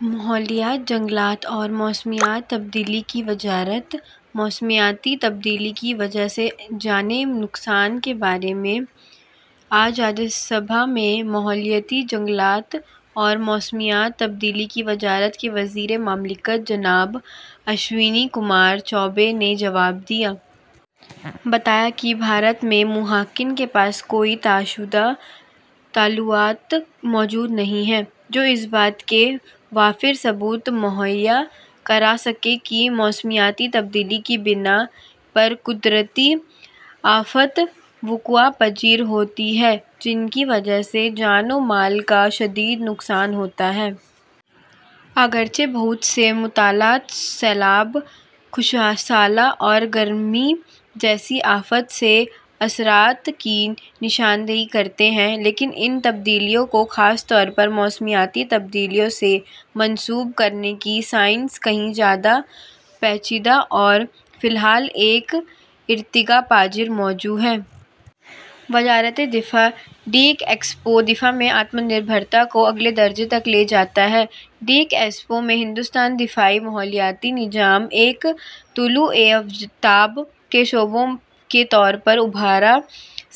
ماحولیات، جنگلات اور موسمیاتی تبدیلی کی وزارت موسمیاتی تبدیلی کی وجہ سے جانی نقصان آج راجیہ سبھا میں ماحولیات، جنگلات اور موسمیاتی تبدیلی کی وزارت کے وزیر مملکت جناب اشونی کمار چوبے نے بتایا کہ بھارت کے محققین کے پاس کوئی طے شدہ مطالعہ موجود نہیں ہے، جو اس بات کے وافر ثبوت مہیا کرسکے کہ موسمیاتی تبدیلیوں کی بنا پر قدرتی آفات وقوع پذیر ہوتی ہیں، جن کی وجہ سے جان و مال کا شدید نقصان ہوتا ہے۔ اگرچہ بہت سے مطالعات سیلاب، خشک سالی اور گرمی جیسی آفات کے اثرات کی نشاندہی کرتے ہیں، لیکن ان تبدیلیوں کو خاص طور پر موسمیاتی تبدیلیوں سے منسوب کرنے کی سائنس کہیں زیادہ پیچیدہ اور فی الحال ایک ارتقا پذیر موضوع ہے۔ وزارت دفاع ڈیف ایکسپو دفاع میں ’آتم نربھرتا‘ کو اگلے درجے تک لے جاتا ہے۔ ڈیف ایکسپو میں بھارتی دفاعی ماحولیاتی نظام طلوع آفتاب کے شعبے کے طور پر ابھرا۔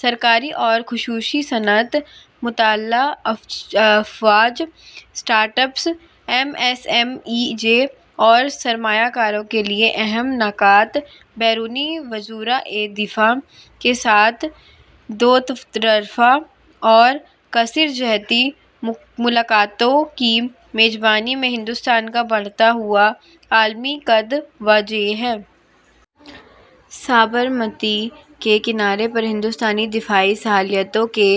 سرکاری اور نجی صنعت، مسلح افواج، startups, M S M Es اور سرمایہ کاروں کے لیے اہم نکات، غیر ملکی وزرائے دفاع کے ساتھ دو طرفہ اور کثیر جہتی میٹنگوں کی میزبانی میں بھارت کا بڑھتا ہوا عالمی قد واضح ہے۔ سابرمتی کے کناروں پر بھارتی دفاعی صلاحیتوں کے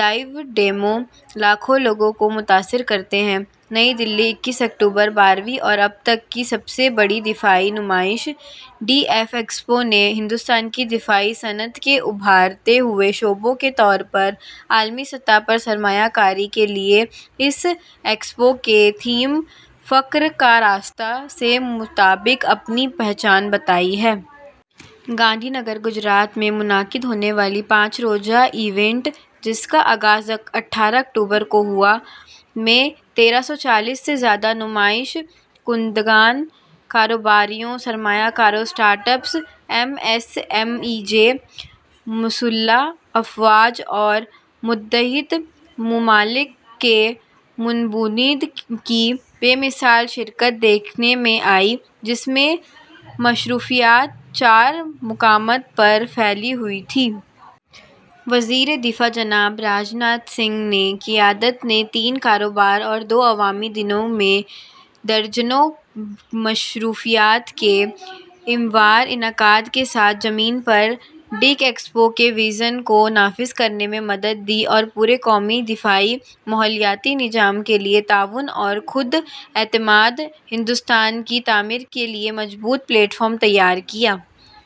لائیو ڈیمو لاکھوں لوگوں کو متاثر کرتے ہیں۔ نئی دہلی، اکیس اکتوبر، بارہویں اور اب تک کی سب سے بڑی دفاعی نمائش ڈیف ایکسپو نے بھارت کی دفاعی صنعت کے ابھرتے ہوئے شعبے کے طور پر عالمی سطح پر سرمایہ کاری کے لیے اس ایکسپو کے تھیم ’فخر کا راستہ‘ کے مطابق نشان زد کیا ہے۔ گاندھی نگر، گجرات میں منعقد ہونے والے پانچ روزہ ایونٹ، جس کا آغاز اٹھارہ اکتوبر کو ہوا، میں ایک ہزار تین سو چالیس سے زیادہ نمائش کنندگان، کاروباری اداروں، سرمایہ کاروں، startups, M S M Es, مسلح افواج اور متعدد ممالک کے مندوبین کی بے مثال شرکت دیکھنے میں آئی، جس میں مصروفیات چار مقامات پر پھیلی ہوئی تھیں۔ وزیر دفاع جناب راج ناتھ سنگھ کی قیادت نے تین کاروباری اور دو عوامی دنوں میں درجنوں مصروفیات کے ہموار انعقاد کے ساتھ زمین پر ڈیف ایکسپو کے وژن کو نافذ کرنے کے قابل بنایا اور پورے قومی دفاعی ماحولیاتی نظام کے لیے تعاون اور خود انحصار بھارت کی تعمیر کے لیے مضبوط پلیٹ فارم تیار کیا۔